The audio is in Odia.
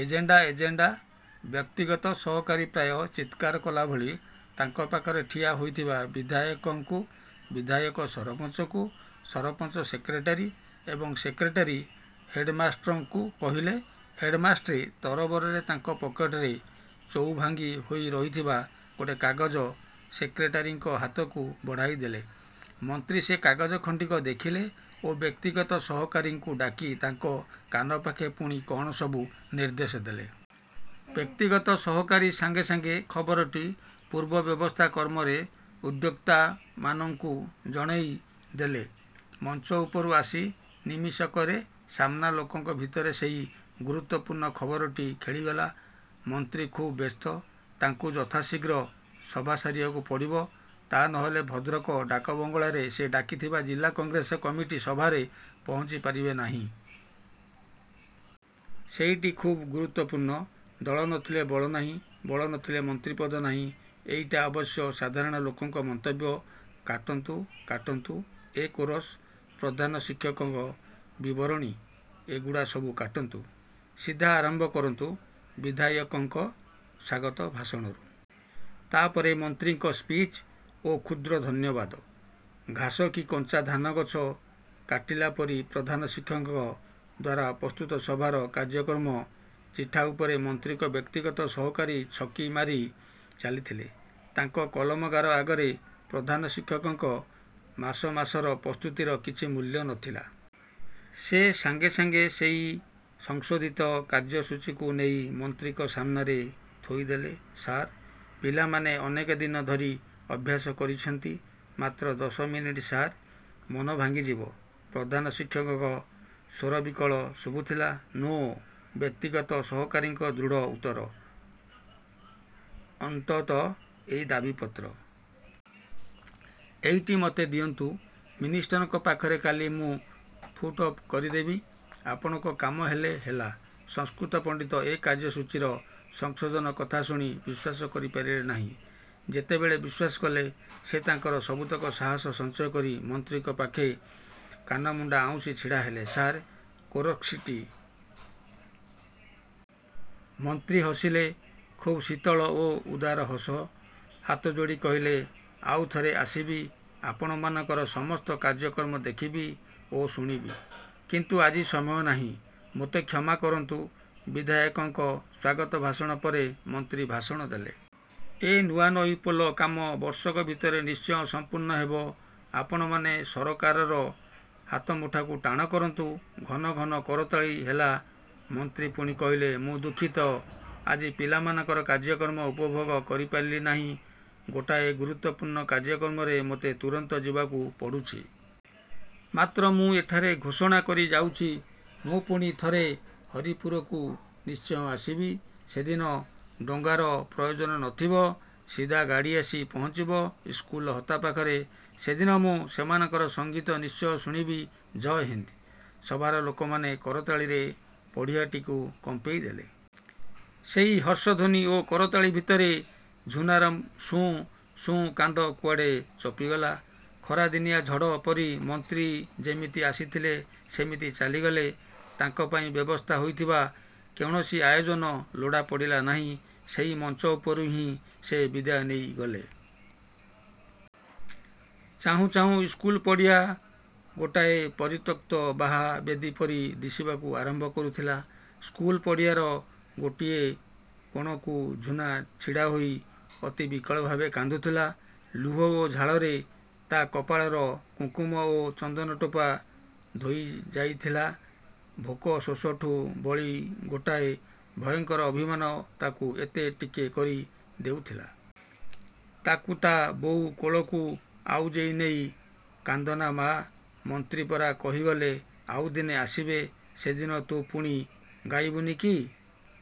Agenda, agenda! ବ୍ୟକ୍ତିଗତ ସହକାରୀ ପ୍ରାୟ ଚିତ୍କାର କଲାଭଳି ତାଙ୍କ ପାଖରେ ଠିଆ ହୋଇଥିବା ବିଧାୟକଙ୍କୁ, ବିଧାୟକ ସରପଞ୍ଚଙ୍କୁ, ସରପଞ୍ଚ ସେକ୍ରେଟାରୀ ଏବଂ ସେକ୍ରେଟାରୀ ହେଡ୍ମାଷ୍ଟ୍ରଙ୍କୁ କହିଲେ। ହେଡ୍ମାଷ୍ଟ୍ରେ ତରବରରେ ତାଙ୍କ ପକେଟରେ ଚଉଭାଙ୍ଗି ହୋଇ ରହିଥିବା ଗୋଟେ କାଗଜ ସେକ୍ରେଟାରୀଙ୍କ ହାତକୁ ବଢ଼ାଇଦେଲେ। ମନ୍ତ୍ରୀ ସେ କାଗଜ ଖଣ୍ଡିକ ଦେଖିଲେ ଓ ବ୍ୟକ୍ତିଗତ ସହକାରୀଙ୍କୁ ଡାକି ତାଙ୍କ କାନ ପାଖେ ପୁଣି କଣ ସବୁ ନିର୍ଦ୍ଦେଶ ଦେଲେ। ବ୍ୟକ୍ତିଗତ ସହକାରୀ ସାଙ୍ଗେ ସାଙ୍ଗେ ଖବରଟି ପୂର୍ବ ବ୍ୟବସ୍ଥା କ୍ରମରେ ଉଦ୍ୟୋକ୍ତାମାନଙ୍କୁ ଜଣେଇ ଦେଲେ। ମଞ୍ଚ ଉପରୁ ଆସି ନିମିଷକରେ ସାମ୍ନା ଲୋକଙ୍କ ଭିତରେ ସେଇ ଗୁରୁତ୍ୱପୂର୍ଣ୍ଣ ଖବରଟି ଖେଳିଗଲା। 'ମନ୍ତ୍ରୀ ଖୁବ୍ ବ୍ୟସ୍ତ। ତାଙ୍କୁ ଯଥାଶୀଘ୍ର ସଭା ସାରିବାକୁ ପଡ଼ିବ। ତା ନହେଲେ ଭଦ୍ରକ ଡାକବଙ୍ଗଳାରେ ସେ ଡାକିଥିବା ଜିଲ୍ଲା କଂଗ୍ରେସ କମିଟି ସଭାରେ ପହଞ୍ଚିପାରିବେ ନାହିଁ। ସେଇଟି ଖୁବ୍ ଗୁରୁତ୍ୱପୂର୍ଣ୍ଣ। ଦଳ ନଥିଲେ ବଳ ନାହିଁ। ବଳ ନଥିଲେ ମନ୍ତ୍ରୀ ପଦ ନାହିଁ। ' ଏଇଟା ଅବଶ୍ୟ ସାଧାରଣ ଲୋକଙ୍କ ମନ୍ତବ୍ୟ।: କାଟନ୍ତୁ, କାଟନ୍ତୁ। ଏ କୋରସ୍, ପ୍ରଧାନ ଶିକ୍ଷକଙ୍କ ବିବରଣୀ, ଏଗୁଡ଼ା ସବୁ କାଟନ୍ତୁ। ସିଧା ଆରମ୍ଭ କରନ୍ତୁ ବିଧାୟକଙ୍କ ସ୍ୱାଗତ ଭାଷଣରୁ। ତାପରେ ମନ୍ତ୍ରୀଙ୍କ ସ୍ପିଚ୍ ଓ କ୍ଷୁଦ୍ର ଧନ୍ୟବାଦ -। ଘାସ କି କଞ୍ଚା ଧାନ ଗଛ କାଟିଲା ପରି ପ୍ରଧାନ ଶିକ୍ଷକଙ୍କ ଦ୍ୱାରା ପ୍ରସ୍ତୁତ ସଭାର କାର୍ୟ୍ୟକ୍ରମ ଚିଠା ଉପରେ ମନ୍ତ୍ରୀଙ୍କ ବ୍ୟକ୍ତିଗତ ସହକାରୀ ଛକି ମାରି ଚାଲିଥିଲେ। ତାଙ୍କ କଲମ ଗାର ଆଗରେ ପ୍ରଧାନ ଶିକ୍ଷକଙ୍କ ମାସ ମାସର ପ୍ରସ୍ତୁତିର କିଛି ମୂଲ୍ୟ ନଥିଲା। ସେ ସାଙ୍ଗେ ସାଙ୍ଗେ ସେଇ ସଂଶୋଧିତ କାର୍ଯ୍ୟସୂଚୀକୁ ନେଇ ମନ୍ତ୍ରୀଙ୍କ ସାମ୍ନାରେ ଥୋଇଦେଲେ।: ସାର୍! ପିଲାମାନେ ଅନେକ ଦିନ ଧରି ଅଭ୍ୟାସ କରିଛନ୍ତି। ମାତ୍ର ଦଶ ମିନିଟ୍ ସାର୍। ମନ ଭାଙ୍ଗିଯିବ। ପ୍ରଧାନ ଶିକ୍ଷକଙ୍କ ସ୍ୱର ବିକଳ ଶୁଭୁଥିଲା।: ନୋ-ବ୍ୟକ୍ତିଗତ ସହକାରୀଙ୍କ ଦୃଢ଼ ଉତ୍ତର।: ଅନ୍ତତଃ ଏଇ ଦାବି ପତ୍ର: ଏଇଟି ମତେ ଦିଅନ୍ତୁ। ମିନିଷ୍ଟରଙ୍କ ପାଖରେ କାଲି ମୁଁ ପୁଟ୍ଅପ୍ କରିଦେବି। ଆପଣଙ୍କ କାମ ହେଲେ ହେଲା। ସଂସ୍କୃତ ପଣ୍ଡିତ ଏ କାର୍ୟ୍ୟସୂଚୀର ସଂଶୋଧନ କଥା ଶୁଣି ବିଶ୍ୱାସ କରିପାରିଲେ ନାହିଁ। ଯେତେବେଳେ ବିଶ୍ୱାସ କଲେ ସେ ତାଙ୍କର ସବୁତକ ସାହସ ସଞ୍ଚୟ କରି ମନ୍ତ୍ରୀଙ୍କ ପାଖେ କାନମୁଣ୍ଡା ଆଉଁଶି ଛିଡ଼ାହେଲେ, "ସାର୍, କୋରସ୍ଟି। " ମନ୍ତ୍ରୀ ହସିଲେ। ଖୁବ୍ ଶୀତଳ ଓ ଉଦାର ହସ। ହାତ ଯୋଡ଼ି କହିଲେ, "ଆଉ ଥରେ ଆସିବି। ଆପଣମାନଙ୍କର ସମସ୍ତ କାର୍ୟ୍ୟକ୍ରମ ଦେଖିବି ଓ ଶୁଣିବି। କିନ୍ତୁ ଆଜି ସମୟ ନାହିଁ। ମୋତେ କ୍ଷମା କରନ୍ତୁ। " ବିଧାୟକଙ୍କ ସ୍ୱାଗତ ଭାଷଣ ପରେ ମନ୍ତ୍ରୀ ଭାଷଣ ଦେଲେ। "ଏ ନୂଆନଈ ପୋଲ କାମ ବର୍ଷକ ଭିତରେ ନିଶ୍ଚୟ ସମ୍ପୂର୍ଣ୍ଣ ହେବ। ଆପଣମାନେ ସରକାରର ହାତମୁଠାକୁ ଟାଣ କରନ୍ତୁ-। " ଘନ ଘନ କରତାଳି ହେଲା। ମନ୍ତ୍ରୀ ପୁଣି କହିଲେ, "ମୁଁ ଦୁଃଖିତ, ଆଜି ପିଲାମାନଙ୍କର କାର୍ୟ୍ୟକ୍ରମ ଉପଭୋଗ କରିପାରିଲି ନାହିଁ। ଗୋଟାଏ ଗୁରୁତ୍ୱପୂର୍ଣ୍ଣ କାର୍ୟ୍ୟକ୍ରମରେ ମୋତେ ତୁରନ୍ତ ଯିବାକୁ ପଡ଼ୁଛି। ମାତ୍ର ମୁଁ ଏଠାରେ ଘୋଷଣା କରି ଯାଉଛି, ମୁଁ ପୁଣି ଥରେ ହରିପୁରକୁ ନିଶ୍ଚୟ ଆସିବି। ସେଦିନ ଡଙ୍ଗାର ପ୍ରୟୋଜନ ନଥିବ, ସିଧା ଗାଡ଼ି ଆସି ପହଞ୍ଚିବ ସ୍କୁଲର ହତା ପାଖରେ-। ସେଦିନ ମୁଁ ସେମାନଙ୍କର ସଂଗୀତ ନିଶ୍ଚୟ ଶୁଣିବି। ଜୟ ହିନ୍ଦ୍। " ସଭାର ଲୋକମାନେ କରତାଳିରେ ପଡ଼ିଆଟିକୁ କମ୍ପେଇଦେଲେ। ସେଇ ହର୍ଷଧ୍ୱନି ଓ କରତାଳି ଭିତରେ ଝୁନାର ସୁଁ ସୁଁ କାନ୍ଦ କୁଆଡ଼େ ଚପିଗଲା। ଖରାଦିନିଆ ଝଡ଼ ପରି ମନ୍ତ୍ରୀ ଯେମିତି ଆସିଥିଲେ ସେମିତି ଚାଲିଗଲେ। ତାଙ୍କ ପାଇଁ ବ୍ୟବସ୍ଥା ହୋଇଥିବା କୌଣସି ଆୟୋଜନ ଲୋଡ଼ା ପଡ଼ିଲା ନାହିଁ। ସେଇ ମଞ୍ଚ ଉପରୁ ହିଁ ସେ ବିଦାୟ ନେଇ ଗଲେ। ଚାହୁଁ ଚାହୁଁ ସ୍କୁଲ ପଡ଼ିଆ ଗୋଟାଏ ପରିତ୍ୟକ୍ତ ବାହା ବେଦୀ ପରି ଦିଶିବାକୁ ଆରମ୍ଭ କରୁଥିଲା। ସ୍କୁଲ ପଡ଼ିଆର ଗୋଟିଏ କୋଣକୁ ଝୁନା ଛିଡ଼ାହୋଇ ଅତି ବିକଳ ଭାବେ କାନ୍ଦୁଥିଲା। ଲୁହ ଓ ଝାଳରେ ତା କପାଳର କୁଙ୍କୁମ ଓ ଚନ୍ଦନଟୋପା ଧୋଇଯାଇଥିଲା। ଭୋକ ଶୋଷଠୁ ବଳି ଗୋଟାଏ ଭୟଙ୍କର ଅଭିମାନ ତାକୁ ଏତେ ଟିକେ କରି ଦେଉଥିଲା। ତାକୁ ତା ବୋଉ କୋଳକୁ ଆଉଜେଇ ନେଇ 'କାନ୍ଦନା ମା, ମନ୍ତ୍ରୀ ପରା କହିଗଲେ ଆଉ ଦିନେ ଆସିବେ, ସେଦିନ ତୁ ପୁଣି ଗାଇବୁନି କି!